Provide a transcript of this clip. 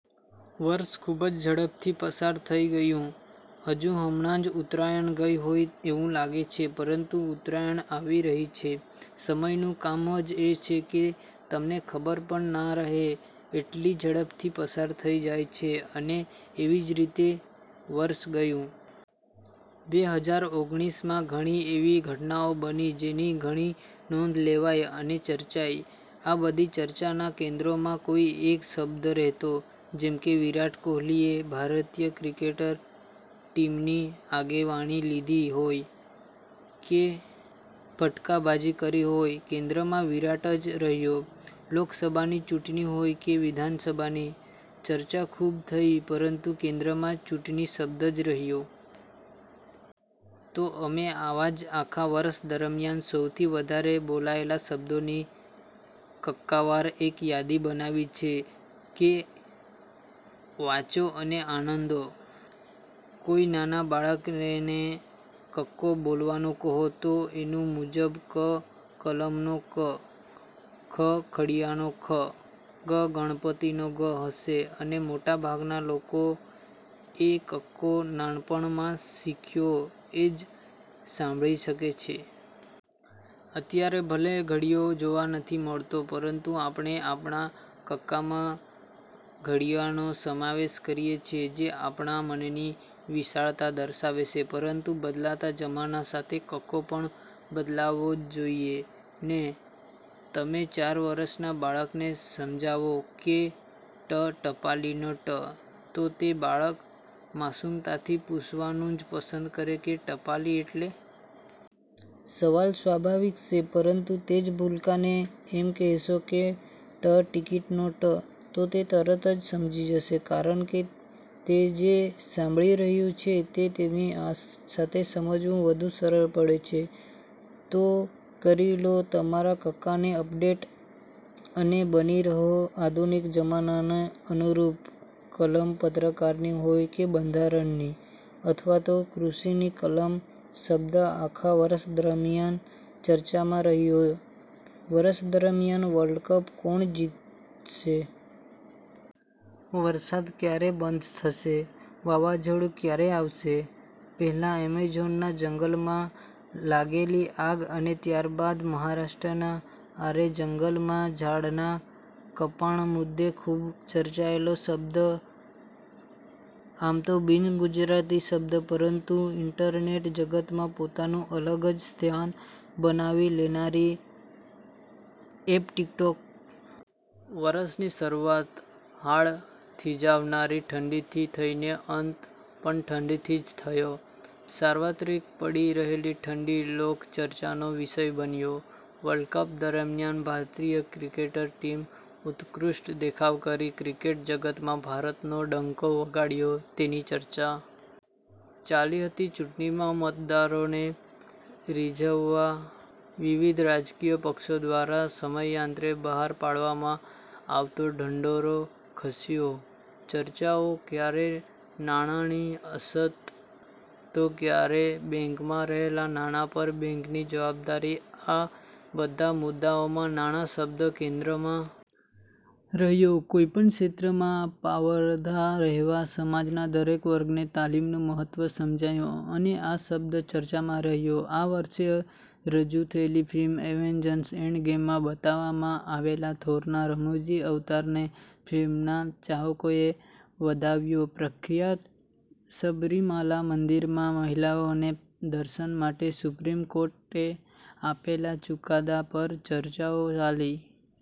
વર્ષ ખૂબ જ ઝડપથી પસાર થઈ ગયું, હજુ હમણાં જ ઉત્તરાયણ ગઈ હોય એવું લાગે છે; પરંતુ ઉત્તરાયણ આવી રહી છે. સમયનું કામ જ એ છે કે તમને ખબર પણ ના રહે એટલી ઝડપથી પસાર થઈ જાય છે અને એવી જ રીતે વર્ષ ગયું. બે હજાર ઓગણીસ માં ઘણી એવી ઘટનાઓ બની જેની ઘણી નોંધ લેવાઈ અને ચર્ચાઈ. આ બધી ચર્ચાના કેન્દ્રમાં કોઈ એક શબ્દ રહેતો. જેમ કે, વિરાટ કોહલીએ ભારતીય ક્રિકેટ ટીમની આગેવાની લીધી હોય કે ફટકાબાજી કરી હોય કેન્દ્રમાં વિરાટ જ રહ્યો, લોકસભાની ચૂંટણી હોય કે વિધાનસભાની, ચર્ચા ખૂબ થઈ પરંતુ કેન્દ્રમાં ચૂંટણી શબ્દ જ રહ્યો. તો, અમે આવા જ આખા વર્ષ દરમિયાન સૌથી વધારે બોલાયેલા શબ્દોની કક્કાવાર એક યાદી બનાવી છે એ વાંચો અને આનંદો. કોઈ નાના બાળકને કક્કો બોલવાનું કહો તો એના મુજબ ક કલમનો ક, ખ ખડિયાનો ખ, ગ ગણપતિનો ગ હશે અને મોટાભાગના લોકોએ જે કક્કો નાનપણમાં શીખ્યો એ જ સાંભરી શકે છે. અત્યારે ભલે ખડિયો જોવા નથી મળતો પરંતુ આપણે આપણા કક્કામાં ખડિયાનો સમાવેશ કરીએ છીએ જે આપણા મનની વિશાળતા દર્શાવે છે પરંતુ બદલાતા જમાના સાથે કક્કો પણ બદલાવો જ જોઈએ ને! તમે ચાર વર્ષના બાળકને સમજાવો કે 'ટ ટપાલીનો ટ' તો તે બાળક માસુમતાથી પૂછવાનું જ છે કે 'ટપાલી એટલે? ' સવાલ સ્વાભાવિક છે પરંતુ તે જ ભૂલકાને એમ કહેશો કે 'ટ ટિકટોકનો ટ' તો તે તરત સમજી જશે. કારણકે તે જે સાંભળી રહ્યું છે તેની સાથે સમજવું વધુ સરળ પડે. તો કરી લો તમારા કક્કાને અપડેટ અને બની રહો 'આધુનિક જમાનાને અનુરૂપ' કલમ પત્રકારની હોય કે બંધારણની અથવા તો કૃષિની; કલમ શબ્દ આખા વર્ષ દરમિયાન ચર્ચામાં રહ્યો વર્ષ દરમિયાન "વર્લ્ડ કપ કોણ જીતશે? ", "વરસાદ ક્યારે બંધ થશે? ", "વાવાઝોડું ક્યારે આવશે? પહેલા એમેઝોનના જંગલોમાં લાગેલી આગ અને ત્યારબાદ મહારાષ્ટ્રના આરે જંગલોમાં ઝાડના કપાણ મુદ્દે ખૂબ ચર્ચાયેલો શબ્દ. આમ તો બિનગુજરાતી શબ્દ પરંતુ ઈન્ટરનેટ જગતમાં પોતાનું અલગ જ સ્થાન બનાવી લેનારી એપ ટિકટોક. વર્ષની શરૂઆત હાડ થીજાવનારી ઠંડીથી થઈને અંત પણ ઠંડીથી જ થયો. સાર્વત્રિક પડી રહેલી ઠંડી લોકચર્ચાનો વિષય બન્યો. વર્લ્ડકપ દરમિયાન ભારતીય ક્રિકેટ ટીમે ઉત્કૃષ્ટ દેખાવ કરી ક્રિકેટ જગતમાં ભારતનો ડંકો વગાડ્યો તેની ચર્ચા ચાલી હતી ચૂંટણીમાં મતદારોને રીઝવવા વિવિધ રાજકીય પક્ષો દ્વારા સમયાંતરે બહાર પાડવામાં આવતો ઢંઢેરો ખાસ્સો ચર્ચાયો ક્યારેક નાણાંની અછત તો ક્યારેક બેંકમાં રહેલાં નાણાં પર બેન્કની જવાબદારી આ બધા મુદ્દાઓમાં નાણાં શબ્દ કેન્દ્રમાં રહ્યો કોઈ પણ ક્ષેત્રમાં પાવરધા રહેવા સમાજના દરેક વર્ગે તાલીમનું મહત્ત્વ સમજ્યું અને આ શબ્દ ચર્ચામાં રહ્યો આ વર્ષે રજૂ થયેલી ફિલ્મ એવેન્જર્સ: એન્ડ ગેમમાં બતાવવામાં આવેલા થોરના રમુજી અવતારને ફિલ્મના ચાહકોએ વધાવ્યો પ્રખ્યાત સબરીમાલા મંદિરમાં મહિલાઓને દર્શન માટે સુપ્રીમ કોર્ટે આપેલા ચુકાદા પર ચર્ચાઓ ચાલી।